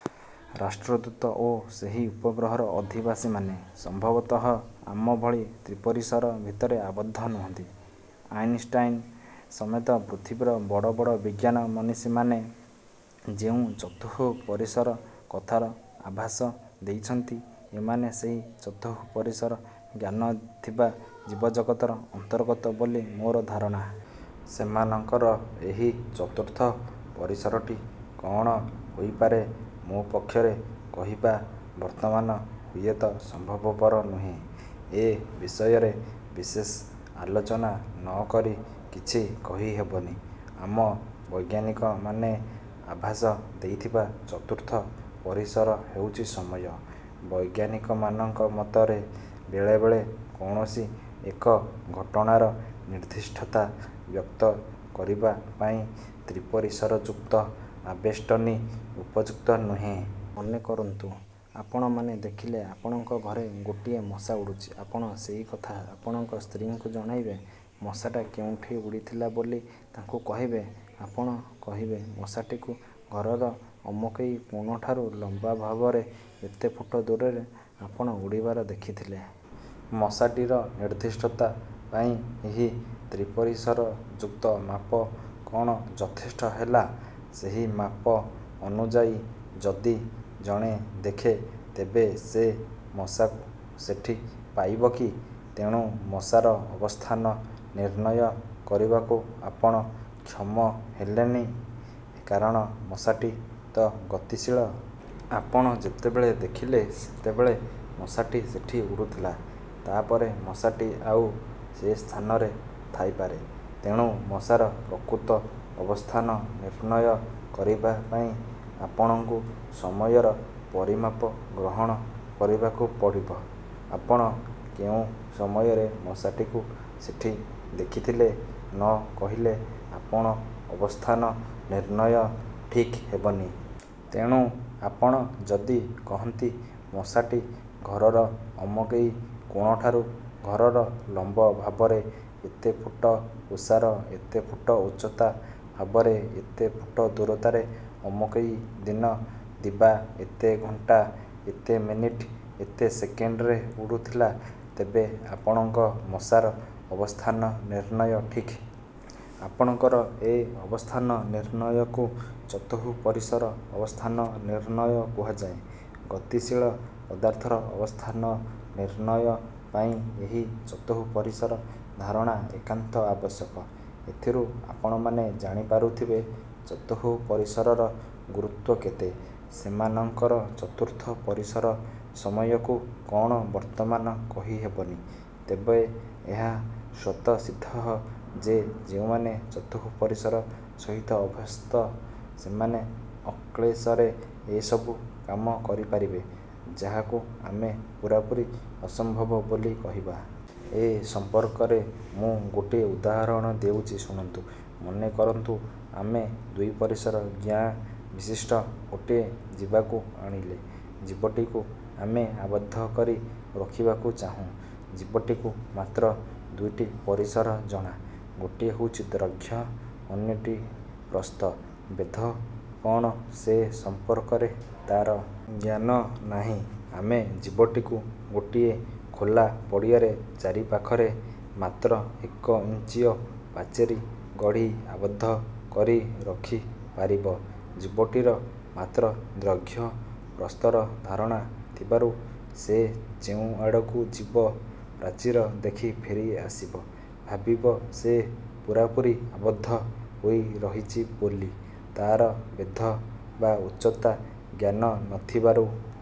ରାଷ୍ଟ୍ରଦୂତ ଓ ସେହି ଉପଗ୍ରହର ଅଧିବାସୀମାନେ ସମ୍ଭବତଃ ଆମ ଭଳି ତ୍ରିପରିସର ଭିତରେ ଆବଦ୍ଧ ନୁହନ୍ତି। ଆଇନଷ୍ଟାଇନ୍ ସମେତ ପୃଥିବୀର ବଡ଼ ବଡ଼ ବିଜ୍ଞାନ ମନିଷୀମାନେ ଯେଉଁ ଚତୁଃ ପରିସର କଥାର ଆଭାସ ଦେଇଛନ୍ତି, ଏମାନେ ସେହି ଚତୁଃପରିସର ଜ୍ଞାନ ଥିବା ଜୀବଜଗତର ଅନ୍ତର୍ଗତ ବୋଲି ମୋର ଧାରଣା। ସେମାନଙ୍କର ଏହି ଚତୁର୍ଥ ପରିସରଟି କଣ ହୋଇପାରେ ମୋ ପକ୍ଷରେ କହିବା ବର୍ତ୍ତମାନ ହୁଏତ ସମ୍ଭବପର ନୁହେଁ। ଏ ବିଷୟରେ ବିଶେଷ ଆଲୋଚନା ନ କରି କିଛି କହିହେବନି। ଆମ ବୈଜ୍ଞାନିକମାନେ ଆଭାସ ଦେଇଥିବା ଚତୁର୍ଥ ପରିସର ହେଉଛି ସମୟ। ବୈଜ୍ଞାନିକମାନଙ୍କ ମତରେ ବେଳେବେଳେ କୌଣସି ଏକ ଘଟଣାର ନିର୍ଦ୍ଦିଷ୍ଠତା ବ୍ୟକ୍ତ କରିବା ପାଇଁ ତ୍ରିପରିସରଯୁକ୍ତ ଆବେଷ୍ଟନୀ ଉପଯୁକ୍ତ ନୁହେଁ। ମନେକରନ୍ତୁ ଆପଣମାନେ ଦେଖିଲେ ଆପଣଙ୍କ ଘରେ ଗୋଟିଏ ମଶା ଉଡ଼ୁଛି। ଆପଣ ସେଇ କଥା ଆପଣଙ୍କ ସ୍ତ୍ରୀଙ୍କୁ ଜଣାଇବେ। ମଶାଟା କେଉଁଠି ଉଡ଼ିଥିଲା ବୋଲି ତାଙ୍କୁ କହିବେ? ଆପଣ କହିବେ ମଶାଟିକୁ ଘରର ଅମକେଇ କୋଣଠାରୁ ଲମ୍ଵାଭାବରେ ଏତେ ଫୁଟ ଦୂରରେ ଆପଣ ଉଡ଼ିବାର ଦେଖିଥିଲେ। ମଶାଟିର ନିର୍ଦ୍ଦିଷ୍ଠତା ପାଇଁ ଏହି ତ୍ରିପରିସର ଯୁକ୍ତ ମାପ କଣ ଯଥେଷ୍ଟ ହେଲା? ସେହି ମାପ ଅନୁଯାଇ ଯଦି ଜଣେ ଦେଖେ, ତେବେ ସେ ମଶାକୁ ସେଠି ପାଇବକି? ତେଣୁ ମଶାର ଅବସ୍ଥାନ ନିର୍ଣ୍ଣୟ କରିବାକୁ ଆପଣ କ୍ଷମ ହେଲେନି। କାରଣ ମଶାଟି ତ ଗତିଶୀଳ। ଆପଣ ଯେତେବେଳେ ଦେଖିଲେ ସେତେବେଳେ ମଶାଟି ସେଠି ଉଡ଼ୁଥିଲା; ତାପରେ ମଶାଟି ଆଉ ସେ ସ୍ଥାନରେ ଥାଇ ପାରେ। ତେଣୁ ମଶାର ପ୍ରକୃତ ଅବସ୍ଥାନ ନିର୍ଣ୍ଣୟ କରିବା ପାଇଁ ଆପଣଙ୍କୁ ସମୟର ପରିମାପ ଗ୍ରହଣ କରିବାକୁ ପଡ଼ିବ। ଆପଣ କେଉଁ ସମୟରେ ମଶାଟିକୁ ସେଠି ଦେଖିଥିଲେ ନ କହିଲେ ଆପଣ ଅବସ୍ଥାନ ନିର୍ଣ୍ଣୟ ଠିକ୍ ହେବନି। ତେଣୁ ଆପଣ ଯଦି କହନ୍ତି ମଶାଟି ଘରର ଅମକେଇ କୋଣଠାରୁ ଘରର ଲମ୍ବ ଭାବରେ ଏତେ ଫୁଟ ଓସାର ଏତେ ଫୁଟ ଉଚ୍ଚତା ଭାବରେ ଏତେ ଫୁଟ ଦୂରତାରେ ଅମକେଇ ଦିନ ଦିବା ଏତେ ଘଣ୍ଟା ଏତେ ମିନିଟ୍ ଏତେ ସେକେଣ୍ଡରେ ଉଡ଼ୁଥିଲା ତେବେ ଆପଣଙ୍କ ମଶାର ଅବସ୍ଥାନ ନିର୍ଣ୍ଣୟ ଠିକ୍। ଆପଣଙ୍କର ଏ ଅବସ୍ଥାନ ନିର୍ଣ୍ଣୟକୁ ଚତୁଃପରିସର ଅବସ୍ଥାନ ନିର୍ଣ୍ଣୟ କୁହାଯାଏ। ଗତିଶୀଳ ପଦାର୍ଥର ଅବସ୍ଥାନ ନିର୍ଣ୍ଣୟ ପାଇଁ ଏହି ଚତୁଃପରିସର ଧାରଣା ଏକାନ୍ତ ଆବଶ୍ୟକ। ଏଥିରୁ ଆପଣମାନେ ଜାଣିପାରୁଥିବେ, ଚତୁଃପରିସରର ଗୁରୁତ୍ୱ କେତେ? ସେମାନଙ୍କର ଚତୁର୍ଥ ପରିସର ସମୟକୁ କଅଣ ବର୍ତ୍ତମାନ କହିହେବନି; ତେବେ ଏହା ସ୍ୱତସିଦ୍ଧଃ ଯେ ଯେଉଁମାନେ ଚତୁଃପରିସର ସହିତ ଅଭ୍ୟସ୍ତ, ସେମାନେ ଅକ୍ଳେଶରେ ଏସବୁ କାମ କରିପାରିବେ, ଯାହାକୁ ଆମେ ପୂରାପୂରି ଅସମ୍ଭବ ବୋଲି କହିବା। ଏ ସମ୍ପର୍କରେ ମୁଁ ଗୋଟିଏ ଉଦାହରଣ ଦେଉଛି ଶୁଣନ୍ତୁ। ମନେକରନ୍ତୁ, ଆମେ ଦ୍ୱିପରିସର ଜ୍ଞା ବିଶିଷ୍ଟ ଗୋଟିଏ ଯିବାକୁ ଆଣିଲେ। ଜୀବଟିକୁ ଆମେ ଆବଦ୍ଧ କରି ରଖିବାକୁ ଚାହୁଁ। ଜୀବଟିକୁ ମାତ୍ର ଦୁଇଟି ପରିସର ଜଣା। ଗୋଟିଏ ହେଉଛି ଦୈର୍ଘ୍ୟ, ଅନ୍ୟଟି ପ୍ରସ୍ଥ। ବେଧ କଣ ସେ ସମ୍ପର୍କରେ ତାର। ଜ୍ଞାନ ନାହିଁ। ଆମେ ଜୀବଟିକୁ ଗୋଟିଏ ଖୋଲା ପଡ଼ିଆରେ ଚାରିପାଖରେ ମାତ୍ର ଏକଇଞ୍ଚିଅ ପାଚେରୀ ଗଢ଼ି ଆବଦ୍ଧ କରି ରଖିପାରିବ। ଜୀବଟିର ମାତ୍ର ଦୈର୍ଘ୍ୟ ପ୍ରସ୍ଥର ଧାରଣା ଥିବାରୁ ସେ ଯେଉଁ ଆଡ଼କୁ ଯିବ, ପ୍ରାଚୀର ଦେଖି ଫେରି ଆସିବ। ଭାବିବ ସେ ପୂରାପୂରି ଆବଦ୍ଧ ହୋଇ ରହିଛି ବୋଲି। ତାର ବେଧ ବା ଉଚ୍ଚତା ଜ୍ଞାନ ନ ଥିବାରୁ